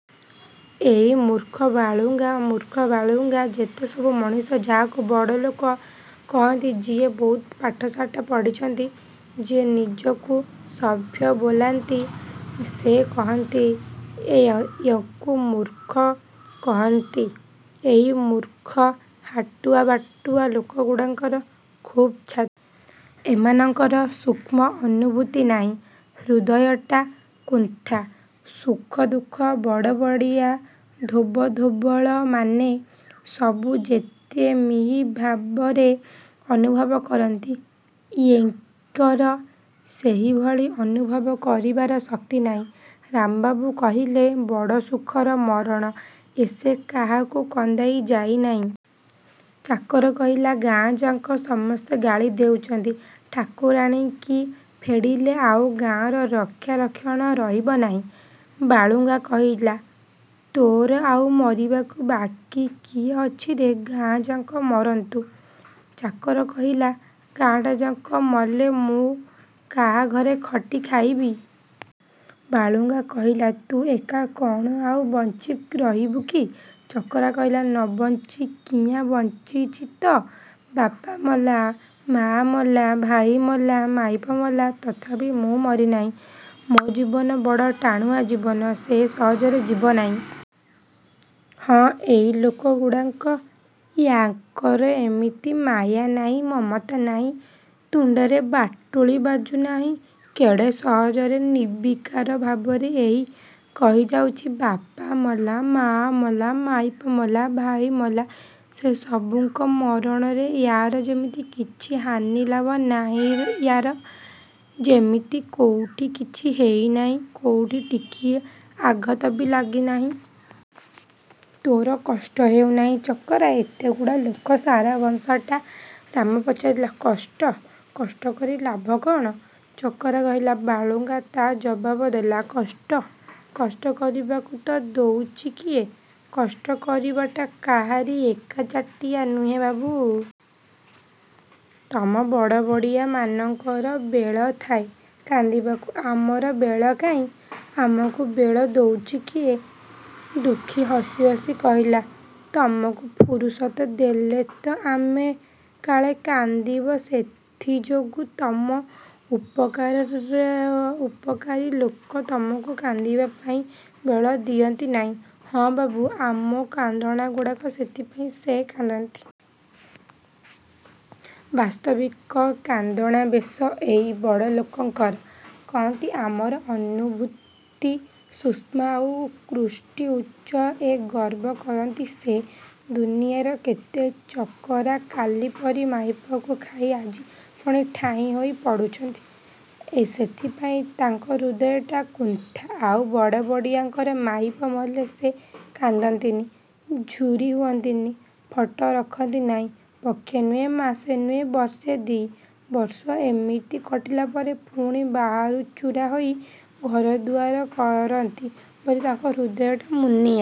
ଏଇ ମୂର୍ଖ ବାଳୁଙ୍ଗା ମୂର୍ଖ ବାଳୁଙ୍ଗା ଯେତେ ସବୁ ମଣିଷ ଯାହାଙ୍କୁ ବଡ଼ଲୋକ କହନ୍ତି ଯିଏ ବହୁତ ପାଠ ଶାଠ ପଢ଼ିଛନ୍ତି ଯିଏ ନିଜକୁ ସଭ୍ୟ ବୋଲାନ୍ତି ସେ କହନ୍ତି ୟେଙ୍କୁ ମୂର୍ଖ କହନ୍ତି ଏଇ ମୂର୍ଖ ହାଟୁଆ ବାଟୁଆ ଲୋକଗୁଡ଼ାଙ୍କର ଖୁବ୍ ଛାତି। ଏମାନଙ୍କର ସୂଷ୍ମ ଅନୁଭୂତି ନାହିଁ। ହୃଦୟଟା କୁନ୍ଥା। ସୁଖ ଦୁଃଖକୁ ବଡ଼ବଡ଼ିଆ ଧୋବ ଧବଳମାନେ ସବୁ ଯେତେ ମିହି ଭାବରେ ଅନୁଭବ କରନ୍ତି ୟେଙ୍କର ସେଭଳି ଅନୁଭବ କରିବାର ଶକ୍ତି ନାହିଁ। ରାମବାବୁ କହିଲେ ବଡ଼ ସୁଖର ମରଣ ଏସେ କାହାକୁ କନ୍ଦାଇ ଯାଇ ନାହିଁ। ଚକରା କହିଲା ଗାଁଯାକ ସମସ୍ତେ ଗାଳି ଦେଉଛନ୍ତି ଠାକୁରାଣୀଙ୍କି ପୋଡ଼ିଲେ ଆଉ ଗାଁରେ ରକ୍ଷା ରକ୍ଷଣ ରହିବ ନାହିଁ। ବାଳୁଙ୍ଗା କହିଲା ତୋର ଆଉ ମରିବାକୁ ବାକି କିଏ ଅଛିରେ ଗାଁଯାକ ମରନ୍ତୁ ଚକରା କହିଲା ଗାଁଟାଯାକ ମଲେ ମୁଁ କାହାଘରେ ଖଟି ଖାଇବି? ବାଳୁଙ୍ଗା କହିଲା ତୁ ଏକା କଣ ଆଉ ବଞ୍ଚି ରହିବୁ କି ଚକରା କହିଲା ନ ବଞ୍ଚିବି କିଆଁ ବଞ୍ଚିଛି ତ ବାପ ମଲା, ମା ମଲା, ଭାଇ ମଲା, ମାଇପ ମଲା, ତଥାପି ମୁଁ ମରି ନାହିଁ। ମୋ ଜୀବ ବଡ଼ ଟାଣୁଆ ଜୀବ, ସେ ସହଜରେ ଯିବ ନାହିଁ। ହଁ ଏଇ ଲୋକଗୁଡ଼ାକ। ୟାଙ୍କର ଯେମିତି ମାୟା ନାହିଁ ମମତା ନାହିଁ ତୁଣ୍ଡରେ ବାଟୁଳି ବାଜୁନାହିଁ କେଡ଼େ ସହଜରେ ନିର୍ବିକାର ଭାବରେ ଏ କହିଯାଉଚି ବାପମଲା, ମା ମଲା, ମାଇପ ମଲା, ଭାଇ ମଲା ସେ ସବୁଙ୍କ ମରଣରେ ୟାର ଯେମିତି କିଛି ହାନିଲାଭ ନାହିଁୟାର ଯିମିତି କୋଉଠି କିଛି ହେଇ ନାହିଁ କୋଉଠି ଟିକିଏ ଆଘାତବି ଲାଗି ନାହିଁ। ତୋର କଷ୍ଟ ହଉ ନାହିଁ ଚକରା, ଏତେଗୁଡ଼ାଏ ଲୋକ ସାରା ବଂଶଟା। ରାମ ପଚାରିଲା କଷ୍ଟ କଷ୍ଟ କରି ଲାଭ କଣ ଚକରା କହିଲା। ବାଳୁଙ୍ଗା ତାର ଜବାବ ଦେଲା କଷ୍ଟ କଷ୍ଟ କରିବାକୁ ତର ଦଉଚି କିଏ କଷ୍ଟ କରିବାଟା କାହାରି ଏକଚାଟିଆ ନୁହେଁ ବାବୁ। ତମ ବଡ଼ବଡ଼ିଆମାନଙ୍କର ବେଳଥାଏ କାନ୍ଦିବାକୁ। ଆମର ବେଳ କାହିଁ ଆମକୁ ବେଳ ଦଉଚି କିଏ? ଦୁଃଖୀ ହସି ହସି କହିଲା ତମକୁ ଫୁରୁସତ୍ ଦେଲେ ତମେ କାଳେ କାନ୍ଦିବ ସେଇଥି ଯୋଗୁଁ ତମ ଉପକାରରେ ଉପକାରୀ ଲୋକେ ତମକୁ କାନ୍ଦିବାପାଇଁ ବେଳ ଦିଅନ୍ତି ନାହିଁ। ହଁ ବାବୁ ଆମ କାନ୍ଦଣାଗୁଡ଼ାକ ସେଥିପାଇଁ ସେ କାନ୍ଦନ୍ତି। ବାସ୍ତବିକ କାନ୍ଦଣା ବେଶ ଏଇ ବଡ଼ଲୋକଙ୍କର। କହନ୍ତି, ଆମର ଅନୁଭୂତି ସୂକ୍ଷ୍ମ ଆଉ କୃଷ୍ଟି ଉଚ୍ଚ। ଏ ଗର୍ବ କରନ୍ତି ସେ। ଦୁନିଆର କେତେ ଚକରା କାଲି ପରି ମାଇପକୁ ଖାଇ ଆଜି ପୁଣି ଠାଇଁ ହୋଇ ପଡ଼ୁଛନ୍ତି। ସେଥିପାଇଁ ତାଙ୍କ ହୃଦୟଟା କୁନ୍ଥା। ଆଉ ବଡ଼ବଡ଼ିଆଙ୍କର ମାଇପ ମଲେ ସେ କାନ୍ଦନ୍ତିନି, ଝୁରି ହୁଅନ୍ତିନି, ଫଟ ରଖି ଚାହାଁନ୍ତି, ପକ୍ଷେ ନୁହେଁ ମାସେ ନୁହେଁ ବର୍ଷେ ଦି' ବର୍ଷ ଏମିତି କଟିଲା ପରେ ପୁଣି ବାହାଚୁରା ହେଇ ଘରଦୁଆର କରନ୍ତି ବୋଲି ତାଙ୍କ ହୃଦୟଟା ମୁନିଆ।